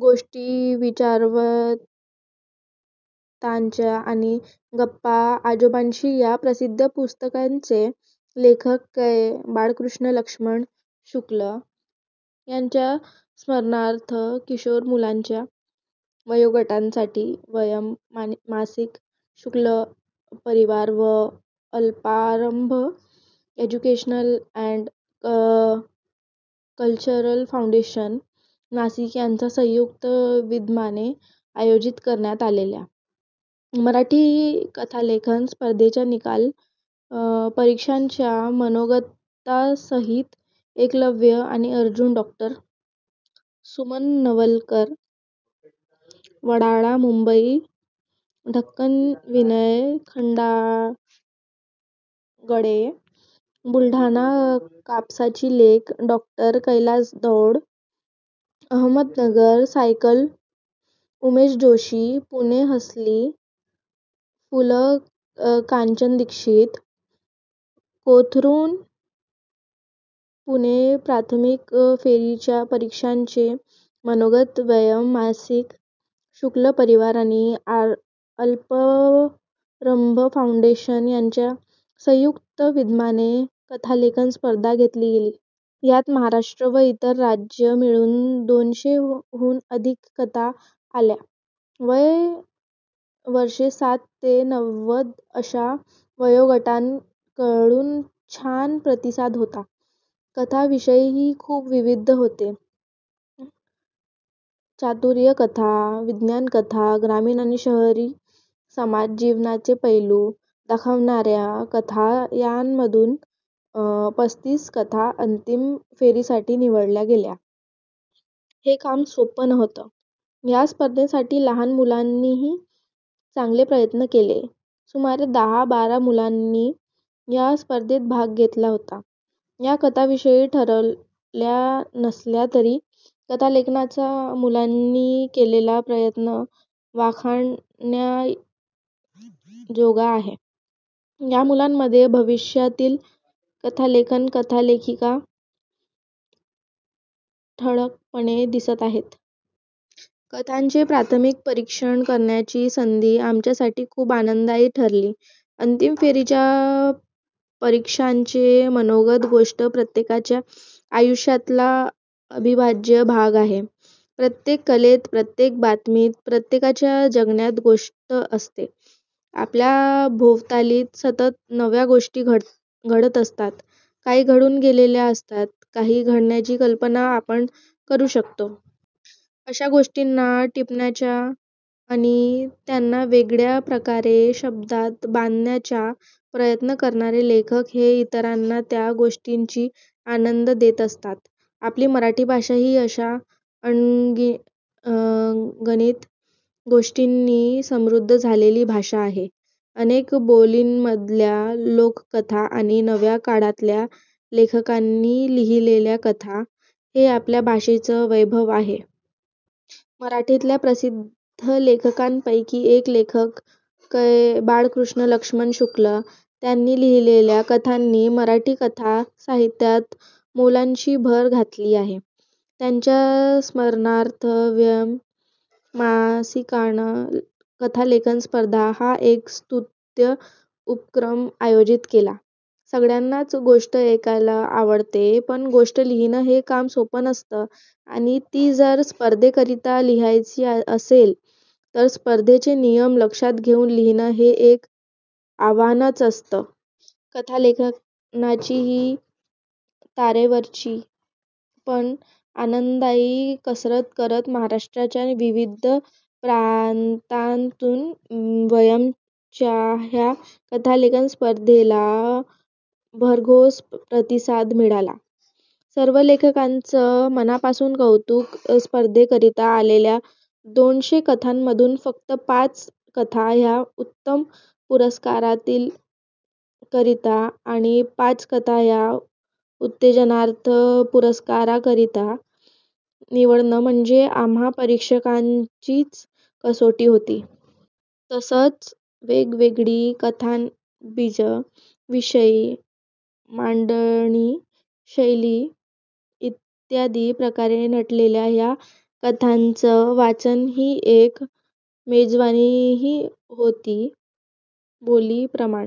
गोष्टी विचारवंतांच्या आणि गप्पा आजोबांशी या प्रसिद्ध पुस्तकांचे लेखक कै. बाळकृष्ण लक्ष्मण शुक्ल यांच्या स्मरणार्थ किशोर मुलांच्या वयोगटासाठी वयम् मासिक, शुक्ल परिवार व Alparambh educational and cultural foundation, Nashik यांच्या संयुक्त विद्यमाने आयोजित करण्यात आलेल्या मराठी कथालेखन स्पर्धेचा निकाल परीक्षकांच्या मनोगतासहित एकलव्य आणि अर्जुन डॉ. सुमन नवलकर, वडाळा मुंबई ढक्कन विनय खंडागळे, बुलढाणा कापसाची लेक डॉ. कैलास दौंड, अहमदनगर सायकल- उमेश जोशी, पुणे हसरी फुलं कांचन दीक्षित, कोथरूड पुणे प्राथमिक फेरीच्या परीक्षकांचे मनोगत वयम् मासिक, शुक्ल परिवार आणि अल्पारंभ फाऊंडेशन यांच्या संयुक्त विद्यमाने कथालेखन स्पर्धा घेतली गेली. यात महाराष्ट्र व इतर राज्य मिळून दोनशे हून अधिक कथा आल्या. वय वर्षे सात ते नव्वद अशा वयोगटाकडून छान प्रतिसाद होता. कथांचे विषयही खूप विविध होते. चातुर्य कथा, विज्ञान कथा, ग्रामीण आणि शहरी समाज जीवनाचे पैलू दाखवणाऱ्या कथा यांमधून पस्तीस कथा अंतिम फेरीसाठी निवडल्या गेल्या. हे काम सोपं नव्हतं. या स्पर्धेसाठी लहान मुलांनीही चांगले प्रयत्न केले. सुमारे दहा बारा मुलांनी या स्पर्धेत भाग घेतला होता. या कथा विजयी ठरल्या नसल्या तरी कथालेखनाचा मुलांनी केलेला प्रयत्न वाखाणण्याजोगा आहे. या मुलांमध्ये भविष्यातील कथालेखक कथालेखिका ठळकपणे दिसत आहेत. कथांचे प्राथमिक परीक्षण करण्याची संधी आमच्यासाठी खूप आनंददायी ठरली. अंतिम फेरीच्या परीक्षकांचे मनोगत गोष्ट प्रत्येकाच्या आयुष्यातला अविभाज्य भाग आहे. प्रत्येक कलेत, प्रत्येक बातमीत, प्रत्येकाच्या जगण्यात गोष्ट असते. आपल्या भोवताली सतत नव्या गोष्टी घडत असतात, काही घडून गेलेल्या असतात, काही घडण्याची कल्पना आपण करू शकतो. अशा गोष्टींना टिपण्याचा आणि त्यांना वेगळ्या प्रकारे शब्दांत बांधण्याचा प्रयत्न करणारे लेखक हे इतरांना त्या गोष्टींचा आनंद देत असतात. आपली मराठी भाषा ही अशा अगणित गोष्टींनी समृद्ध झालेली भाषा आहे. अनेक बोलींमधल्या लोककथा आणि नव्या काळातल्या लेखकांनी लिहिलेल्या कथा, हे आपल्या भाषेचं वैभव आहे. मराठीतल्या प्रसिद्ध लेखकांपैकी एक लेखक कै. बाळकृष्ण लक्ष्मण शुक्ल. त्यांनी लिहिलेल्या कथांनी मराठी कथा साहित्यात मोलाची भर घातली आहे. त्यांच्या स्मरणार्थ वयम् मासिकानं कथालेखन स्पर्धा हा एक स्तुत्य उपक्रम आयोजित केला. सगळ्यांनाच गोष्ट ऐकायला आवडते, पण गोष्ट लिहिणं हे काम सोपं नसतं आणि ती जर स्पर्धेकरिता लिहायची असेल, तर स्पर्धेचे नियम लक्षात घेऊन लिहिणं हे एक आव्हानच असतं. कथालेखनाची ही तारेवरची, पण आनंददायी कसरत करत महाराष्ट्राच्या विविध प्रांतांतून वयम च्या ह्या कथालेखन स्पर्धेला भरघोस प्रतिसाद मिळाला. सर्व लेखकांचं मनापासून कौतुक. स्पर्धेकरता आलेल्या दोनशे कथांमधून फक्त पाच कथा ह्या उत्तम पुरस्काराकरिता आणि पाच कथा ह्या उत्तेजनार्थ पुरस्काराकरता निवडणं म्हणजे आम्हा परीक्षकांचीच कसोटी होती. तसंच वेगवेगळी कथाबीजं, विषय, मांडणी, शैली इत्यादी प्रकारे नटलेल्या ह्या कथांचं वाचन ही एक मेजवानीही होती. बोली, प्रमाण